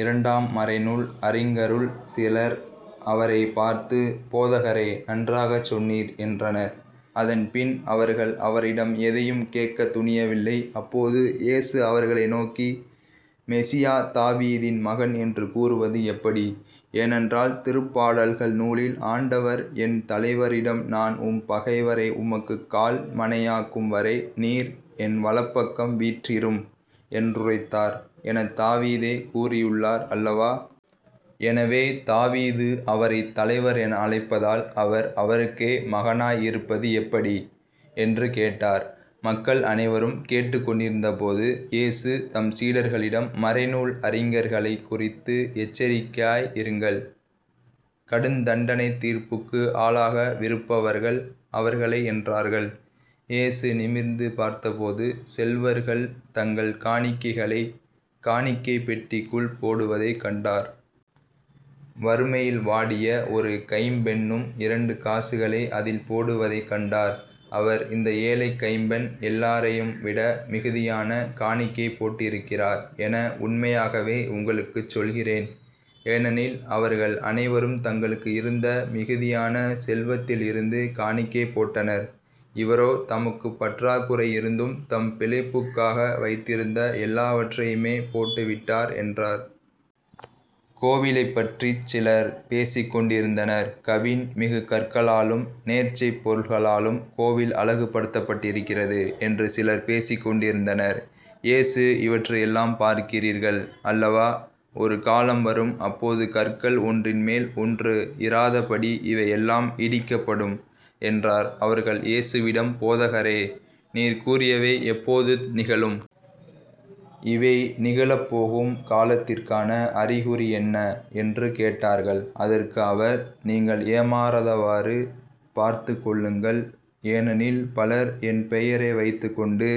இரண்டாம் மறைநூல் அறிஞருள் சிலர் அவரைப் பார்த்து போதகரே நன்றாகச் சொன்னீர் என்றனர். அதன்பின் அவர்கள் அவரிடம் எதையும் கேட்கத் துணியவில்லை. அப்போது இயேசு அவர்களை நோக்கி மெசியா தாவீதின் மகன் என்று கூறுவது எப்படி? ஏனென்றால் திருப்பாடல்கள் நூலில் ஆண்டவர் என் தலைவரிடம் நான் உம் பகைவரை உமக்குக் கால் மணையாக்கும்வரை நீர் என் வலப்பக்கம் வீற்றிரும் என்றுரைத்தார் எனத் தாவீதே கூறியுள்ளார் அல்லவா? எனவே தாவீது அவரைத் தலைவர் என அழைப்பதால் அவர் அவருக்கே மகனாய் இருப்பது எப்படி? என்று கேட்டார். மக்கள் அனைவரும் கேட்டுக் கொண்டிருந்தபோது இயேசு தம் சீடர்களிடம் மறைநூல் அறிஞர்களைக் குறித்து எச்சரிக்கையாய் இருங்கள். கடுந்தண்டனைத் தீர்ப்புக்கு ஆளாகவிருப்பவர்கள் அவர்களே என்றார். இயேசு நிமிர்ந்து பார்த்தபோது செல்வர்கள் தங்கள் காணிக்கைகளைக் காணிக்கைப் பெட்டிக்குள் போடுவதைக் கண்டார். வறுமையில் வாடிய ஒரு கைம்பெண்ணும் இரண்டு காசுகளை அதில் போடுவதைக் கண்டார். அவர் இந்த ஏழைக் கைம்பெண் எல்லாரையும்விட மிகுதியான காணிக்கை போட்டிருக்கிறார் என உண்மையாகவே உங்களுக்குச் சொல்கிறேன். ஏனெனில் அவர்கள் அனைவரும் தங்களுக்கு இருந்த மிகுதியான செல்வத்திலிருந்து காணிக்கை போட்டனர். இவரோ தமக்குப் பற்றாக்குறை இருந்தும் தம் பிழைப்புக்காக வைத்திருந்த எல்லாவற்றையுமே போட்டுவிட்டார் என்றார். கோவிலைப் பற்றிச் சிலர் பேசிக் கொண்டிருந்தனர். கவின் மிகு கற்களாலும் நேர்ச்சைப் பொருள்களாலும் கோவில் அழகுபடுத்தப்பட்டிருக்கிறது என்று சிலர் பேசிக் கொண்டிருந்தனர். இயேசு இவற்றையெல்லாம் பார்க்கிறீர்கள் அல்லவா? ஒரு காலம் வரும் அப்போது கற்கள் ஒன்றின் மேல் ஒன்று இராதபடி இவையெல்லாம் இடிக்கப்படும் என்றார். அவர்கள் இயேசுவிடம் போதகரே நீர் கூறியவை எப்போது நிகழும்? இவை நிகழப்போகும் காலத்திற்கான அறிகுறி என்ன? என்று கேட்டார்கள். அதற்கு அவர் நீங்கள் ஏமாறாதவாறு பார்த்துக்கொள்ளுங்கள் ஏனெனில் பலர் என் பெயரை வைத்துக்கொண்டு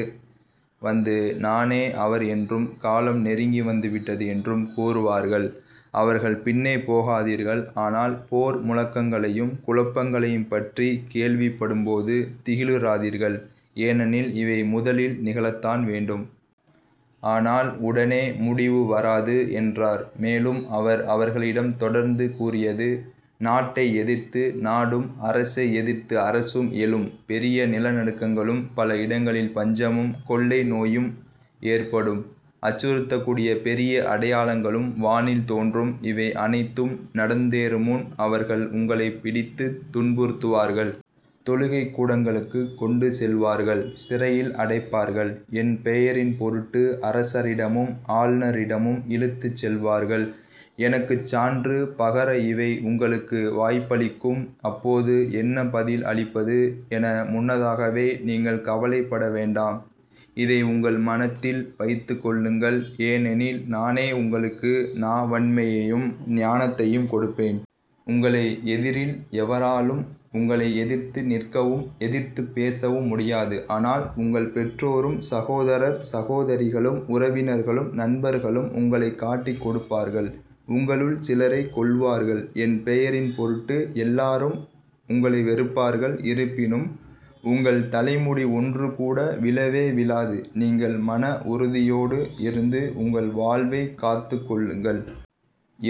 வந்து நானே அவர் என்றும் காலம் நெருங்கி வந்துவிட்டது என்றும் கூறுவார்கள் அவர்கள் பின்னே போகாதீர்கள். ஆனால் போர் முழக்கங்களையும் குழப்பங்களையும்பற்றிக் கேள்விப்படும்போது திகிலுறாதீர்கள் ஏனெனில் இவை முதலில் நிகழத்தான் வேண்டும். ஆனால் உடனே முடிவு வராது என்றார். மேலும் அவர் அவர்களிடம் தொடர்ந்து கூறியது நாட்டை எதிர்த்து நாடும் அரசை எதிர்த்து அரசும் எழும். பெரிய நிலநடுக்கங்களும் பல இடங்களில் பஞ்சமும் கொள்ளை நோயும் ஏற்படும் அச்சுறுத்தக்கூடிய பெரிய அடையாளங்களும் வானில் தோன்றும். இவை அனைத்தும் நடந்தேறுமுன் அவர்கள் உங்களைப் பிடித்துத் துன்புறுத்துவார்கள். தொழுகைக்கூடங்களுக்குக் கொண்டு செல்வார்கள். சிறையில் அடைப்பார்கள். என் பெயரின்பொருட்டு அரசரிடமும் ஆளுநரிடமும் இழுத்துச் செல்வார்கள். எனக்குச் சான்று பகர இவை உங்களுக்கு வாய்ப்பளிக்கும். அப்போது என்ன பதில் அளிப்பது என முன்னதாகவே நீங்கள் கவலைப்பட வேண்டாம். இதை உங்கள் மனத்தில் வைத்துக்கொள்ளுங்கள். ஏனெனில் நானே உங்களுக்கு நாவன்மையையும் ஞானத்தையும் கொடுப்பேன். உங்கள் எதிரில் எவராலும் உங்களை எதிர்த்து நிற்கவும் எதிர்த்துப் பேசவும் முடியாது. ஆனால் உங்கள் பெற்றோரும் சகோதரர் சகோதரிகளும் உறவினர்களும் நண்பர்களும் உங்களைக் காட்டிக்கொடுப்பார்கள். உங்களுள் சிலரைக் கொல்வார்கள். என்பெயரின் பொருட்டு எல்லாரும் உங்களை வெறுப்பார்கள். இருப்பினும் உங்கள் தலைமுடி ஒன்றுகூட விழவே விழாது. நீங்கள் மன உறுதியோடு இருந்து உங்கள் வாழ்வைக் காத்துக் கொள்ளுங்கள்.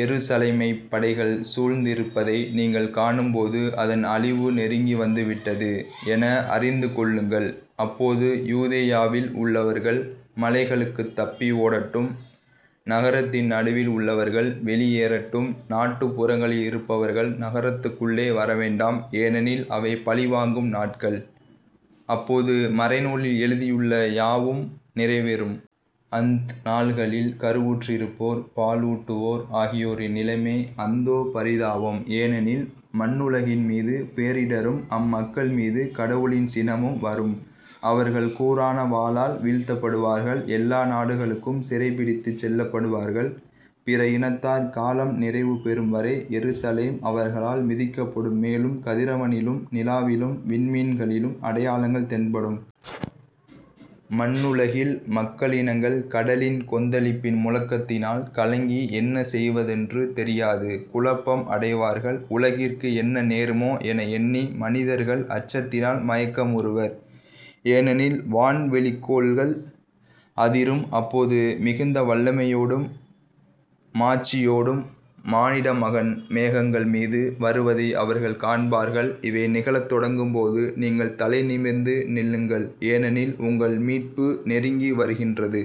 எருசலேமைப் படைகள் சூழ்ந்திருப்பதை நீங்கள் காணும்போது அதன் அழிவு நெருங்கி வந்துவிட்டது என அறிந்துகொள்ளுங்கள். அப்போது யூதேயாவில் உள்ளவர்கள் மலைகளுக்குத் தப்பி ஓடட்டும். நகரத்தின் நடுவில் உள்ளவர்கள் வெளியேறட்டும். நாட்டுப் புறங்களில் இருப்பவர்கள் நகரத்துக்குள்ளே வரவேண்டாம். ஏனெனில் அவை பழிவாங்கும் நாள்கள். அப்போது மறைநூலில் எழுதியுள்ள யாவும் நிறைவேறும். அந்நாள்களில் கருவுற்றிருப்போர் பாலூட்டுவோர் ஆகியோரின் நிலைமை அந்தோ பரிதாபம். ஏனெனில் மண்ணுலகின்மீது பேரிடரும் அம்மக்கள் மீது கடவுளின் சினமும் வரும். அவர்கள் கூரான வாளால் வீழ்த்தப்படுவார்கள். எல்லா நாடுகளுக்கும் சிறைப்பிடித்துச் செல்லப்படுவார்கள். பிற இனத்தார் காலம் நிறைவு பெறும் வரை எருசலேம் அவர்களால் மிதிக்கப்படும். மேலும் கதிரவனிலும் நிலாவிலும் விண்மீன்களிலும் அடையாளங்கள் தென்படும். மண்ணுலகில் மக்களினங்கள் கடலின் கொந்தளிப்பின் முழக்கத்தினால் கலங்கி என்ன செய்வதென்று தெரியாது குழப்பம் அடைவார்கள். உலகிற்கு என்ன நேருமோ என எண்ணி மனிதர் அச்சத்தினால் மயக்கமுறுவர். ஏனெனில் வான்வெளிகோள்கள் அதிரும். அப்போது மிகுந்த வல்லமையோடும் மாட்சியோடும் மானிடமகன் மேகங்கள் மீது வருவதை அவர்கள் காண்பார்கள். இவை நிகழத் தொடங்கும்போது நீங்கள் தலைநிமிர்ந்து நில்லுங்கள் ஏனெனில் உங்கள் மீட்பு நெருங்கி வருகின்றது.